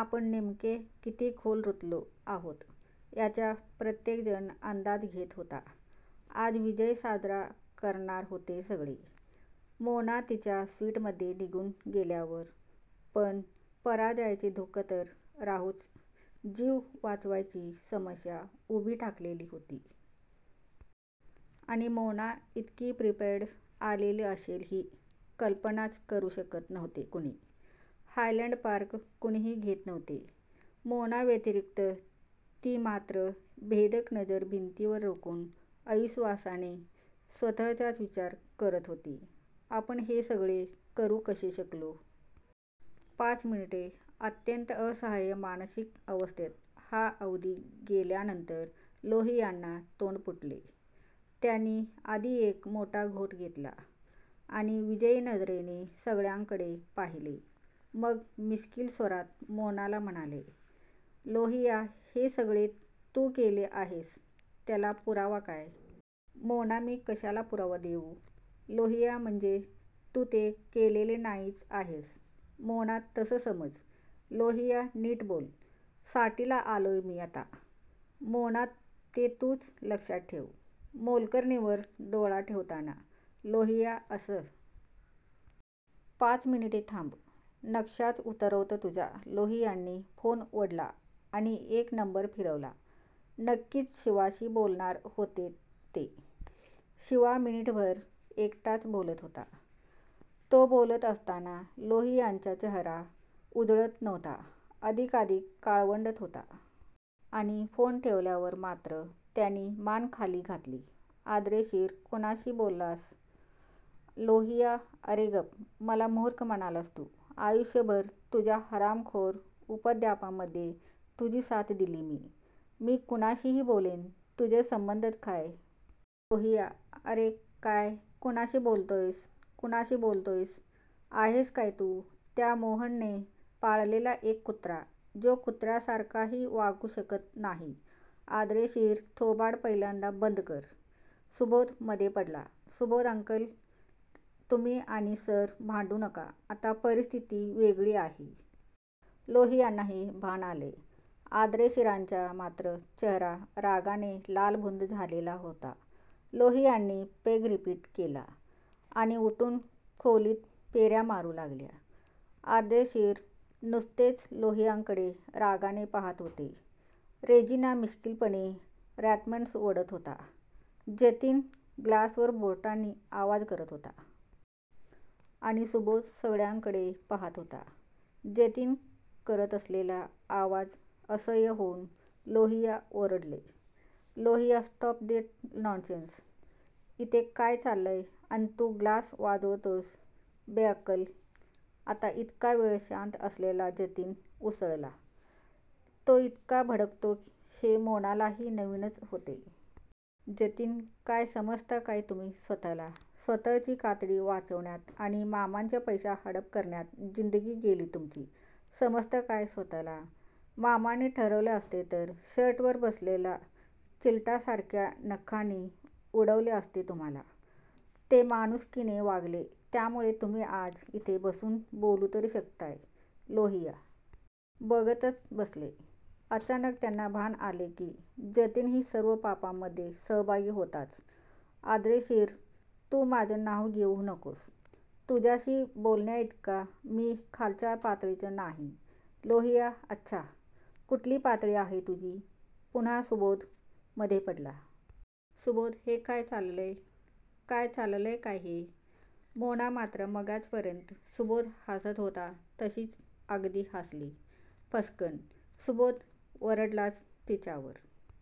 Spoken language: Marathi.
आपण नेमके किती खोल रुतलो आहोत याचा प्रत्येक जण अंदाज घेत होता. आज विजय साजरा करणार होते सगळे, मोना तिच्या स्विटमध्ये निघून गेल्यावर, पण पराजयाचे दु:ख तर राहोच जीव वाचवायची समस्या उभी ठाकलेली होती. आणि मोना इतकी प्रिपेअर्ड आलेली असेल ही कल्पनाच करू शकत नव्हते कुणी हायलॅन्ड पार्क कुणीही घेत नव्हते. मोनाव्यतिरिक्त ती मात्र भेदक नजर भिंतीवर रोखून अविश्वासाने स्वतःचाच विचार करत होती. आपण हे सगळे करू कसे शकलो? पाच मिनिटे, अत्यंत असह्य मानसिक अवस्थेत हा अवधी गेल्यानंतर लोहियांना तोंड फुटले. त्यांनी आधी एक मोठा घोट घेतला आणि विजयी नजरेने सगळ्यांकडे पाहिले. मग मिश्कील स्वरात मोनाला म्हणाले.. लोहिया हे सगळे तू केले आहेस याला पुरावा काय? मोना मी कशाला पुरावा देऊ? लोहिया म्हणजे तू ते केलेले नाहीच आहेस. मोना तसं समज. लोहिया नीट बोल. साठीला आलोय मी आता. मोना ते तूच लक्षात ठेव, मोलकरणींवर डोळा ठेवताना, लोहिया अस? पाच मिनिटे थांब, नक्षाच उतरवतो तुझा लोहियांनी फोन ओढला आणि एक नंबर फिरवला. नक्कीच सिवाशी बोलणार होते ते! सिवा मिनिटभर एकटाच बोलत होता. तो बोलत असताना लोहियांचा चेहरा उजळत नव्हता. अधिकाधिक काळवंडत होता. आणि फोन ठेवल्यावर मात्र त्यांनी मान खाली घातली. अर्देशीर कुणाशी बोललास? लोहिया अरे गप? मला मूर्ख म्हणालास तू ,आयुष्यभर तुझ्या हरामखोर उपद्व्यापांमध्ये तुझी साथ दिली मी, मी कुणाशीही बोलेन. तुझा संबंधच काय? लोहिया अरे काय कुणाशी बोलतोयस, कुणाशी बोलतोयस? आहेस काय तू? त्या मोहनने पाळलेला एक कुत्रा, जो कुत्र्यासारखाही वागू शकत नाही. अर्देशीर थोबाड पहिल्यांदा बंद कर. सुबोध मधे पडला. सुबोध अंकल.. तुम्ही आणि सर भांडू नका, आत्ता परिस्थिती वेगळी आहे. लोहियांनाही भान आले. अर्देशीरांचा मात्र चेहरा रागाने लालबुंद झालेला होता. लोहियांनी पेग रिपीट केला आणि उठून खोलीत फेर्या मारू लागले. अर्देशीर नुसतेच लोहियांकडे रागाने पाहात होते. रेजिना मिश्कीलपणे रॉथमन्स ओढत होता. जतीन ग्लासवर बोटांनी आवाज करत होता. आणि सुबोध सगळ्यांकडे पाहात होता. जतीन करत असलेला आवाज असह्य होऊन लोहिया ओरडले, लोहिया स्टॉप दॅट नॉन्सेन्स. इथे काय चाललंय अन तू ग्लास वाजवतोयस बेअक्कल? आता इतका वेळ शांत असलेला जतीन उसळला. तो इतका भडकतो हे मोनालाही नवीनच होते. जतीन काय समजता काय तुम्ही स्वतःला? स्वतची कातडी वाचवण्यात आणि मामांचा पैसा हडप करण्यात जिंदगी गेली तुमची. समजता काय स्वतःला? मामांनी ठरवले असते तर शर्टवर बसलेल्या चिलटासारखे नखांनी उडवले असते तुम्हाला.. ते माणुसकीने वागले त्यामुळे तुम्ही आज इथे बसून बोलू तरी शकताय. लोहिया बघतच बसले. अचानक त्यांना भान आले की जतीनही सर्व पापांमध्ये सहभागी होताच! अर्देशीर तू माझं नाव घेऊ नकोस, तुझ्याशी बोलण्याइतका मी खालच्या पातळीचा नाही. लोहिया अच्छा? कुठली पातळी आहे तुझी? पुन्हा सुबोध मधे पडला. सुबोध हे काय चाललंय? काय चाललंय काय हे? मोना मात्र मगाचपर्यंत सुबोध हासत होता तशीच अगदी हासली. फस्सकन, सुबोध ओरडलाच तिच्यावर--